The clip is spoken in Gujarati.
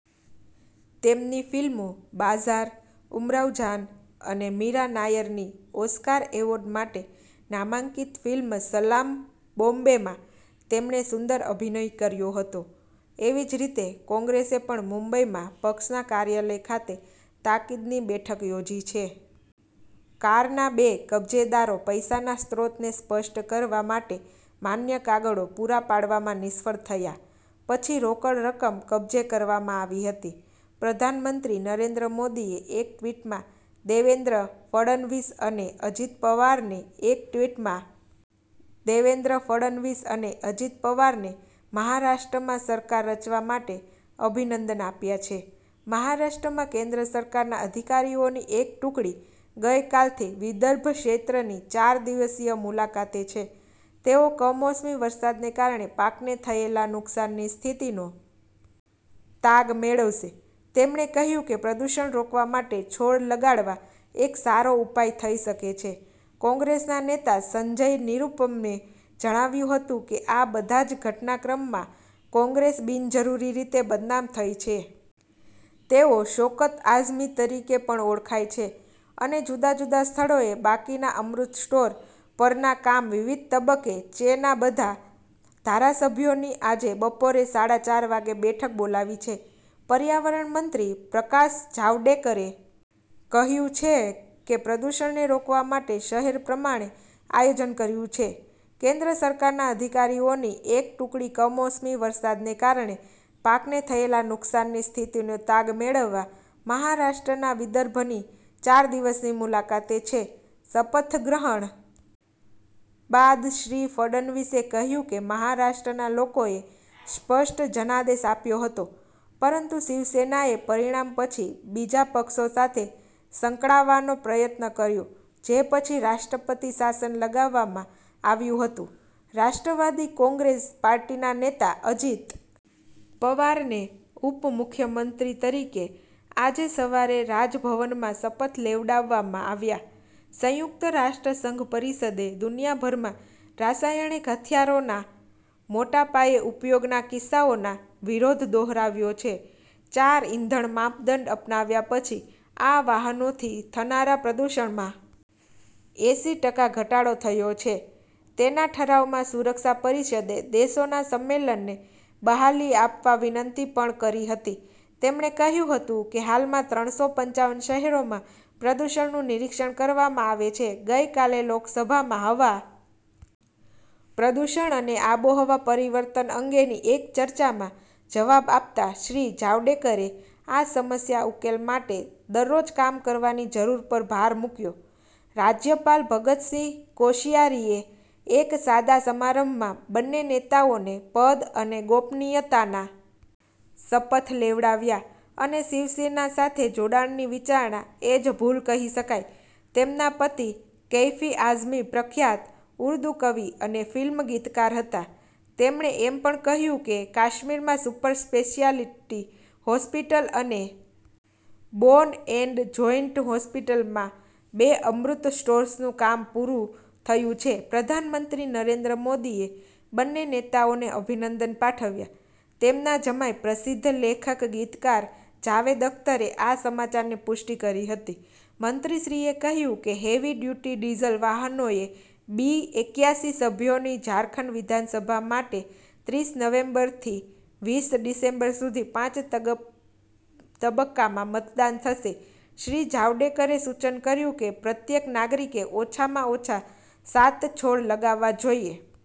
તેમની ફિલ્મો બાઝાર ઉમરાઉ જાન અને મીરા નાયરની ઓસ્કાર એવોર્ડ માટે નામાંકિત ફિલ્મ સલામ બોમ્બેમાં તેમણે સુંદર અભિયન કર્યો હતો એવી જ રીતે કોંગ્રેસે પણ મુંબઇમાં પક્ષના કાર્યાલય ખાતે તાકીદની બેઠક યોજી છે કારના બે કબજેદારો પૈસાના સ્ત્રોતને સ્પષ્ટ કરવા માટે માન્ય કાગળો પૂરા પાડવામાં નિષ્ફળ થયા પછી રોકડ રકમ કબજે કરવામાં આવી હતી પ્રધાનમંત્રી નરેન્દ્ર મોદીએ એક ટવીટમાં દેવેન્દ્ર ફડનવીસ અને અજીત પવારને એક ટવીટમાં દેવેન્દ્ર ફડનવીસ અને અજીત પવારને મહારાષ્ટ્રમાં સરકાર રચવા માટે અભિનંદન આપ્યા છે મહારાષ્ટ્રમાં કેન્દ્ર સરકારના અધિકારીઓની એક ટુકડી ગઇકાલથી વિદર્ભ ક્ષેત્રની ચાર દિવસીય મુલાકાતે છે તેઓ કમોસમી વરસાદને કારણે પાકને થયેલા નુકસાનની સ્થિતિનો તાગ મેળવશે તેમણે કહ્યું કે પ્રદૂષણ રોકવા માટે છોડ લગાડવા એક સારો ઉપાય થઈ શકે છે કોંગ્રેસના નેતા સંજય નિરૂપમે જણાવ્યું હતું કે આ બધા જ ઘટનાક્રમમાં કોંગ્રેસ બિનજરૂરી રીતે બદનામ થઇ છે તેઓ શૌકત આઝમી તરીકે પણ ઓળખાય છે અને જુદા જુદા સ્થળોએ બાકીના અમૃત સ્ટોર પરના કામ વિવિધ તબક્કે ચે ના બધા ધારાસભ્યોની આજે બપોરે સાડા ચાર વાગે બેઠક બોલાવી છે પર્યાવરણમંત્રી પ્રકાશ જાવડેકરે કહ્યું છે કે પ્રદૂષણને રોકવા માટે શહેર પ્રમાણે આયોજન કર્યું છે કેન્દ્ર સરકારના અધિકારીઓની એક ટુકડી કમોસમી વરસાદને કારણે પાકને થયેલા નુકશાનની સ્થિતિનો તાગ મેળવવા મહારાષ્ટ્રના વિદર્ભની ચાર દિવસની મુલાકાતે છે શપથ ગ્રહણ બાદ શ્રી ફડનવીસે કહયું કે મહારાષ્ટ્રના લોકોએ સ્પષ્ટ જનાદેશ આપ્યો હતો પરંતુ શિવસેનાએ પરીણામ પછી બીજા પક્ષો સાથે સંકળાવાનો પ્રયત્ન કર્યો જે પછી રાષ્ટ્રપતિ શાસન લગાવવામાં આવ્યું હતું રાષ્ટ્રવાદી કોગ્રેસ પાર્ટીના નેતા અજીત પવારને ઉપમુખ્યમંત્રી તરીકે આજે સવારે રાજભવનમાં શપથ લેવડાવવામાં આવ્યા સંયુકત રાષ્ટ્ર સંઘ પરીષદે દુનિયાભરમાં રાસાયણિક હથિયારો ના મોટા પાયે ઉપયોગના કિસ્સાઓના વિરોધ દોહરાવ્યો છે ચાર ઈંધણ માપદંડ અપનાવ્યા પછી આ વાહનોથી થનારા પ્રદૂષણમાં એંસી ટકા ઘટાડો થયો છે તેના ઠરાવમાં સુરક્ષા પરીષદે દેશોના સંમેલનને બહાલી આપવા વિનંતી પણ કરી હતી તેમણે કહ્યું કે હાલમાં ત્રણ સો પંચાવન શહેરોમાં પ્રદૂષણનું નિરીક્ષણ કરવામાં આવે છે ગઈકાલે લોકસભામાં હવા પ્રદૂષણ અને આબોહવા પરિવર્તન અંગેની એક ચર્ચામાં જવાબ આપતા શ્રી જાવડેકરે આ સમસ્યા ઉકેલ માટે દરરોજ કામ કરવાની જરૂર પર ભાર મૂક્યો રાજયપાલ ભગતસિંહ કોશિયારીએ એક સાદા સમારંભમાં બંને નેતાઓને પદ અને ગોપનીયતાના શપથ લેવડાવ્યા અને શિવસેના સાથે જોડાણની વિચારણા એ જ ભુલ કહી શકાય તેમના પતિ કૈફી આઝમી પ્રખ્યાત ઉર્દુ કવિ અને ફિલ્મ ગીતકાર હતા તેમણે એમ પણ કહ્યું કે કાશ્મીરમાં સુપર સ્પેશિયાલીટી હોસ્પિટલ અને બોન એન્ડ જોઇન્ટ હોસ્પિટલમાં બે અમૃત સ્ટોર્સનું કામ પુરુ થયું છે પ્રધાનમંત્રી નરેન્દ્ર મોદીએ બંને નેતાઓને અભિનંદન પાઠવ્યા તેમના જમાઇ પ્રસિધ્ધ લેખક ગીતકાર જાવેદ અખતરે આ સમાચારની પુષ્ટી કરી હતી મંત્રીશ્રીએ કહ્યું કે હેવી ડ્યુટી ડીઝલ વાહનોએ બી એક્યાસી સભ્યોની ઝારખંડ વિધાનસભા માટે ત્રીસ નવેમ્બરથી વીસ ડિસેમ્બર સુધી પાંચ તબકકામાં મતદાન થશે શ્રી જાવડેકરે સૂચન કર્યું કે પ્રત્યેક નાગરીકે ઓછામાં ઓછા સાત છોડ લગાવવા જોઈએ।